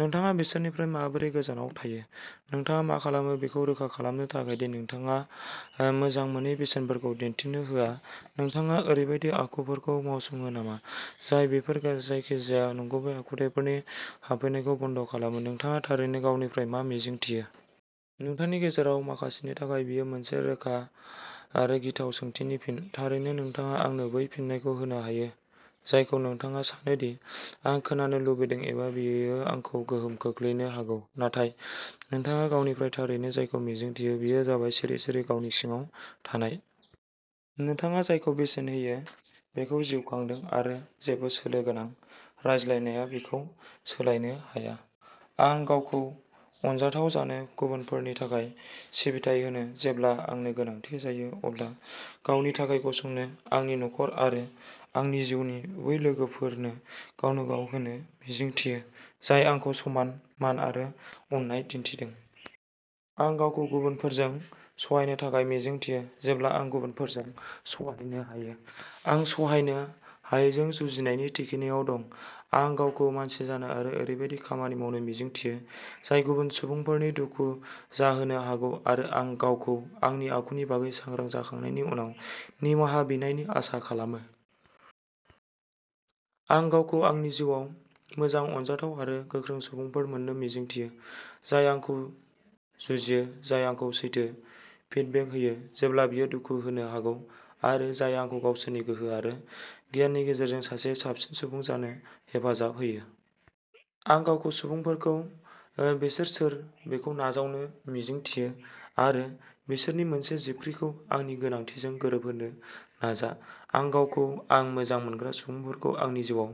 नोंथाङा बिसोरनिफ्राय माबोरै गोजानाव थायो? नोंथाङा मा खालामो बेखौ रोखा खालामनो थाखाय दि नोंथाङा मोजां मोनै बेसेनफोरखौ दिन्थिना होआ? नोंथाङा ओरैबायदि आखुफोरखौ मावसङो नामा जाय बेफोर जायखिजाया नंगुबै आखुथायफोरनि हाबफैनायखौ बन्द' खालामो? नोंथाङा थारैनो गावनिफ्राय मा मिजिंथियो? नोंथांनि गेजेराव माखासेनि थाखाय, बेयो मोनसे रोखा आरो गिथाव सोंथिनि फिन। थारैनो, नोंथाङा आंनो बै फिनखौ होनो हायो जायखौ नोंथाङा सानो दि आं खोनानो लुबैदों एबा बेयो आंखौ गोहोम खोख्लैनो हागौ, नाथाय नोंथाङा गावनिफ्राय थारैनो जायखौ मिजिंथियो बेयो जाबाय सिरि सिरि गावनि सिङाव थानाय। नोंथाङा जायखौ बेसेन होयो बेखौ जिउ खांदों आरो जेबो सोलो गोनां रायज्लायनाया बेखौ सोलायनो हाया। आं गावखौ अनजाथाव जानो, गुबुनफोरनि थाखाय सिबिथाइ होनो, जेब्ला आंनो गोनांथि जायो अब्ला गावनि थाखाय गसंनो, आंनि नखर आरो आंनि जिउनि बै लोगोफोरनो गावनोगाव होनो मिजिंथियो जाय आंखौ समान मान आरो अननाय दिन्थिदों। आं गावखौ गुबुनफोरजों सहायनो थाखाय मिजिंथियो जेब्ला आं गुबुनफोरजों सहायनो हायो। आं सहायनो हायैजों जुजिनायनि थिखिनियाव दं। आं गावखौ मानसि जानो आरो ओरैबायदि खामानि मावनो मिजिंथियो जाय गुबुन सुबुंफोरनि दुखु जाहोनो हागौ आरो आं गावखौ आंनि आखुनि बागै सांग्रां जाखांनायनि उनाव निमाहा बिनायनि आसा खालामो। आं गावखौ आंनि जिउआव मोजां, अनजाथाव आरो गोख्रों सुबुंफोर मोन्नो मिजिंथियो, जाय आंखौ जुजियो, जाय आंखौ सैथो फिडबेक होयो, जेब्ला बेयो दुखु होनो हागौ आरो जाय आंखौ गावसोरनि गोहो आरो गियाननि गेजेरजों सासे साबसिन सुबुं जानो हेफाजाब होयो। आं गावखौ सुबुंफोरखौ बिसोर सोर बेखौ नाजावनो मिजिंथियो आरो बिसोरनि मोनसे जिबख्रिखौ आंनि गोनांथिजों गोरोबहोनो नाजा। आं गावखौ आं मोजां मोनग्रा सुबुंफोरखौ आंनि जिउआव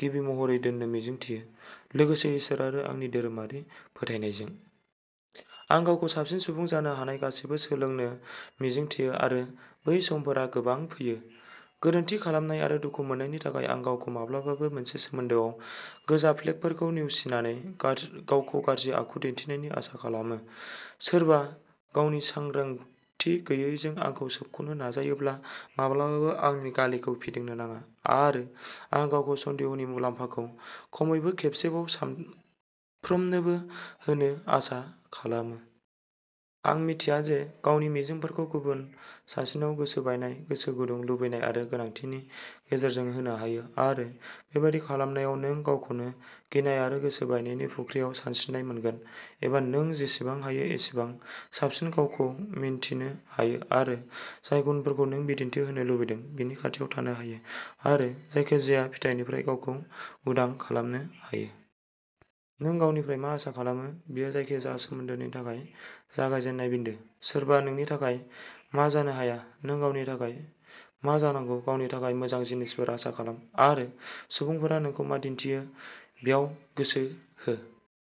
गिबि महरै दोननो मिजिंथियो, लोगोसे इसोर आरो आंनि धोरोमारि फोथायनायजों। आं गावखौ साबसिन सुबुं जानो हानाय गासैबो सोलोंनो मिजिंथियो आरो बै समफोरा गोबां फैयो। गोरोन्थि खालामनाय आरो दुखु मोन्नायनि थाखाय आं गावखौ माब्लाबाबो मोनसे सोमोन्दोआव गोजा फ्लेगफोरखौ नेवसिनानै गावखौ गाज्रि आखु दिन्थिनायनि आसा खालामो, सोरबा गावनि सांग्रांथि गैयैजों आंखौ सोबख'नो नाजायोब्ला माब्लाबाबो आंनि गालेखौ फिदिंनो नाङा आरो आं गावखौ सन्देहनि मुलाम्फाखौ खमैबो खेबसेबाव साफ्रोमनोबो होनो आसा खालामो। नों मिथियाजासे गावनि मिजिंफोरखौ गुबुन सासेनाव गोसो बायनाय, गोसो गुदुं, लुबैनाय आरो गोनांथिनि गेजेरजों होनो हायो आरो बेबादि खालामनायाव, नों गावखौनो गिनाय आरो गोसो बायनायनि फुख्रियाव सानस्रिनाय मोनगोन एबा नों जेसेबां हायो एसेबां साबसिन गावखौ मिन्थिनो हायो आरो जाय गुनफोरखौ नों बिदिन्थि होनो लुबैदों बिनि खाथियाव थानो हायो, आरो जायखिजाया फिथायनिफ्राय गावखौ उदां खालामनो हायो। नों गावनिफ्राय मा आसा खालामो बेयो जायखिजाया सोमोन्दोनि थाखाय जागायजेननाय बिन्दो। सोरबा नोंनि थाखाय मा जानो हाया नों गावनि थाखाय मा जानांगौ। गावनि थाखाय मोजां जिनिसफोर आसा खालाम आरो सुबुंफोरा नोंखौ मा दिन्थियो बेयाव गोसो हो।